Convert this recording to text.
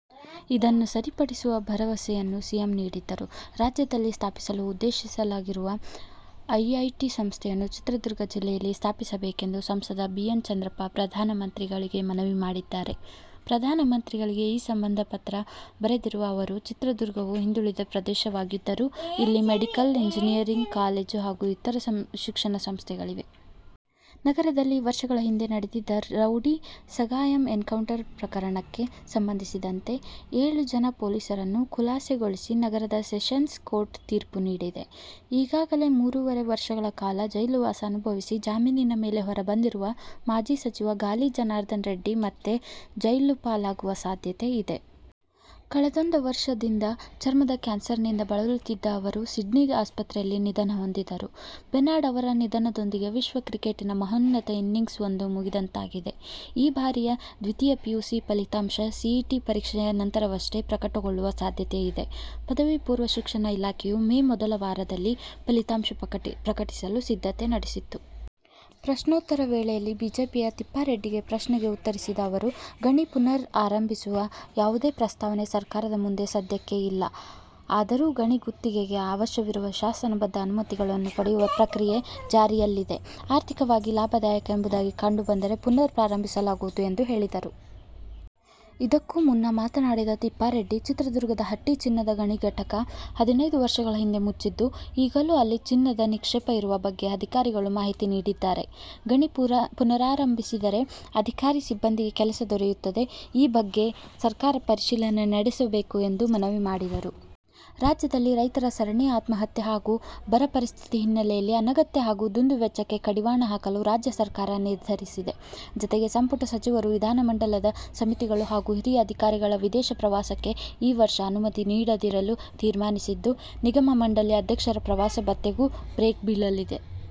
ಇದನ್ನು ಸರಿಪಡಿಸುವ ಭರವಸೆಯನ್ನು ಸಿಎಂ ನೀಡಿದ್ದರು. ರಾಜ್ಯದಲ್ಲಿ ಸ್ಥಾಪಿಸಲು ಉದ್ದೇಶಿಸಲಾಗಿರುವ ಐಐಟಿ ಸಂಸ್ಥೆಯನ್ನು ಚಿತ್ರದುರ್ಗ ಜಿಲ್ಲೆಯಲ್ಲಿ ಸ್ಥಾಪಿಸಬೇಕೆಂದು ಸಂಸದ ಬಿ. ಎನ್. ಚಂದ್ರಪ್ಪ ಪ್ರಧಾನ ಮಂತ್ರಿಗಳಿಗೆ ಮನವಿ ಮಾಡಿದ್ದಾರೆ. ಪ್ರಧಾನ ಮಂತ್ರಿಗಳಿಗೆ ಈ ಸಂಬಂಧ ಪತ್ರ ಬರೆದಿರುವ ಅವರು, ಚಿತ್ರದುರ್ಗವು ಹಿಂದುಳಿದ ಪ್ರದೇಶವಾಗಿದ್ದರೂ ಇಲ್ಲಿ ಮೆಡಿಕಲ್, ಇಂಜಿನಿಯರಿಂಗ್ ಕಾಲೇಜು ಹಾಗೂ ಇತರ ಶಿಕ್ಷಣ ಸಂಸ್ಥೆಗಳಿವೆ. ನಗರದಲ್ಲಿ ವರ್ಷಗಳ ಹಿಂದೆ ನಡೆದಿದ್ದ ರೌಡಿ ಸಗಾಯಮ್ ಎನ್ಕೌಂಟರ್ ಪ್ರಕರಣಕ್ಕೆ ಸಂಬಂಧಿಸಿದಂತೆ ಏಳು ಜನ ಪೊಲೀಸರನ್ನು ಖುಲಾಸೆಗೊಳಿಸಿ ನಗರದ ಸೆಷೆನ್ಸ್ ಕೋರ್ಟ್ ತೀರ್ಪು ನೀಡಿದೆ. ಈಗಾಗಲೇ ಮೂರುವರೆ ವರ್ಷಗಳ ಕಾಲ ಜೈಲುವಾಸ ಅನುಭವಿಸಿ ಜಾಮೀನಿನ ಮೇಲೆ ಹೊರ ಬಂದಿರುವ ಮಾಜಿ ಸಚಿವ ಗಾಲಿ ಜನಾರ್ದನ ರೆಡ್ಡಿ ಮತ್ತೆ ಜೈಲುಪಾಲಾಗುವ ಸಾಧ್ಯತೆ ಇದೆ. ಕಳೆದೊಂದ ವರ್ಷದಿಂದ ಚರ್ಮದ ಕ್ಯಾನ್ಸರ್ನಿಂದ ಬಳಲುತ್ತಿದ್ದ ಅವರು ಸಿಡ್ನಿ ಆಸ್ಪತ್ರೆಯಲ್ಲಿ ನಿಧನಹೊಂದಿದರು. ಬೆನಾಡ್ ಅವರ ನಿಧನದೊಂದಿಗೆ ವಿಶ್ವ ಕ್ರಿಕೆಟಿನ ಮಹೋನ್ನತ ಇನ್ನಿಂಗ್ಸ್ ಒಂದು ಮುಗಿದಂತಾಗಿದೆ. ಈ ಬಾರಿಯ ದ್ವಿತೀಯ ಪಿಯುಸಿ ಫಲಿತಾಂಶ ಸಿಇಟಿ ಪರೀಕ್ಷೆಯ ನಂತರವಷ್ಟೇ ಪ್ರಕಟಗೊಳ್ಳುವ ಸಾಧ್ಯತೆಯಿದೆ. ಪದವಿ ಪೂರ್ವ ಶಿಕ್ಷಣ ಇಲಾಖೆಯು ಮೇ ಮೊದಲ ವಾರದಲ್ಲಿ ಫಲಿತಾಂಶ ಪ್ರಕಟಿಸಲು ಸಿದ್ಧತೆ ನಡೆಸಿತ್ತು. ಪ್ರಶ್ನೋತ್ತರ ವೇಳೆಯಲ್ಲಿ ಬಿಜೆಪಿಯ ತಿಪ್ಪಾರೆಡ್ಡಿಗೆ ಪ್ರಶ್ನೆಗೆ ಉತ್ತರಿಸಿದ ಅವರು, ಗಣಿ ಪುನರ್ ಆರಂಭಿಸುವ ಯಾವುದೇ ಪ್ರಸ್ತಾವನೆ ಸರ್ಕಾರದ ಮುಂದೆ ಸದ್ಯಕ್ಕೆ ಇಲ್ಲ. ಆದರೂ ಗಣಿ ಗುತ್ತಿಗೆಗೆ ಅವಶ್ಯವಿರುವ ಶಾಸನಬದ್ಧ ಅನುಮತಿಗಳನ್ನು ಪಡೆಯುವ ಪ್ರಕ್ರಿಯೆ ಜಾರಿಯಲ್ಲಿದೆ. ಆರ್ಥಿಕವಾಗಿ ಲಾಭದಾಯಕ ಎಂಬುದಾಗಿ ಕಂಡುಬಂದರೆ ಪುನರ್ ಪ್ರಾರಂಭಿಸಲಾಗುವುದು ಎಂದು ಹೇಳಿದರು. ಇದಕ್ಕೂ ಮುನ್ನ ಮಾತನಾಡಿದ ತಿಪ್ಪಾರೆಡ್ಡಿ, ಚಿತ್ರದುರ್ಗದ ಹಟ್ಟಿ ಚಿನ್ನದ ಗಣಿ ಘಟಕ ಹದಿನೈದು ವರ್ಷಗಳ ಹಿಂದೆ ಮುಚ್ಚಿದ್ದು, ಈಗಲೂ ಅಲ್ಲಿ ಚಿನ್ನದ ನಿಕ್ಷೇಪ ಇರುವ ಬಗ್ಗೆ ಅಧಿಕಾರಿಗಳು ಮಾಹಿತಿ ನೀಡಿದ್ದಾರೆ. ಗಣಿ ಪುನರಾರಂಭಿಸಿದರೆ ಅಧಿಕಾರಿ-ಸಿಬ್ಬಂದಿಗೆ ಕೆಲಸ ದೊರೆಯುತ್ತದೆ. ಈ ಬಗ್ಗೆ ಸರ್ಕಾರ ಪರಿಶೀಲನೆ ನಡೆಸಬೇಕು ಎಂದು ಮನವಿ ಮಾಡಿದರು. ರಾಜ್ಯದಲ್ಲಿ ರೈತರ ಸರಣಿ ಆತ್ಮಹತ್ಯೆ ಹಾಗೂ ಬರ ಪರಿಸ್ಥಿತಿ ಹಿನ್ನೆಲೆಯಲ್ಲಿ ಅನಗತ್ಯ ಹಾಗೂ ದುಂದು ವೆಚ್ಚಕ್ಕೆ ಕಡಿವಾಣ ಹಾಕಲು ರಾಜ್ಯ ಸರ್ಕಾರ ನಿರ್ಧರಿಸಿದೆ. ಜತೆಗೆ ಸಂಪುಟ ಸಚಿವರು, ವಿಧಾನಮಂಡಲದ ಸಮಿತಿಗಳು ಹಾಗೂ ಹಿರಿಯ ಅಧಿಕಾರಿಗಳ ವಿದೇಶ ಪ್ರವಾಸಕ್ಕೆ ಈ ವರ್ಷ ಅನುಮತಿ ನೀಡದಿರಲು ತೀರ್ಮಾನಿಸಿದ್ದು, ನಿಗಮ-ಮಂಡಳಿ ಅಧ್ಯಕ್ಷರ ಪ್ರವಾಸ ಭತ್ಯೆಗೂ ಬ್ರೇಕ್ ಬೀಳಲಿದೆ.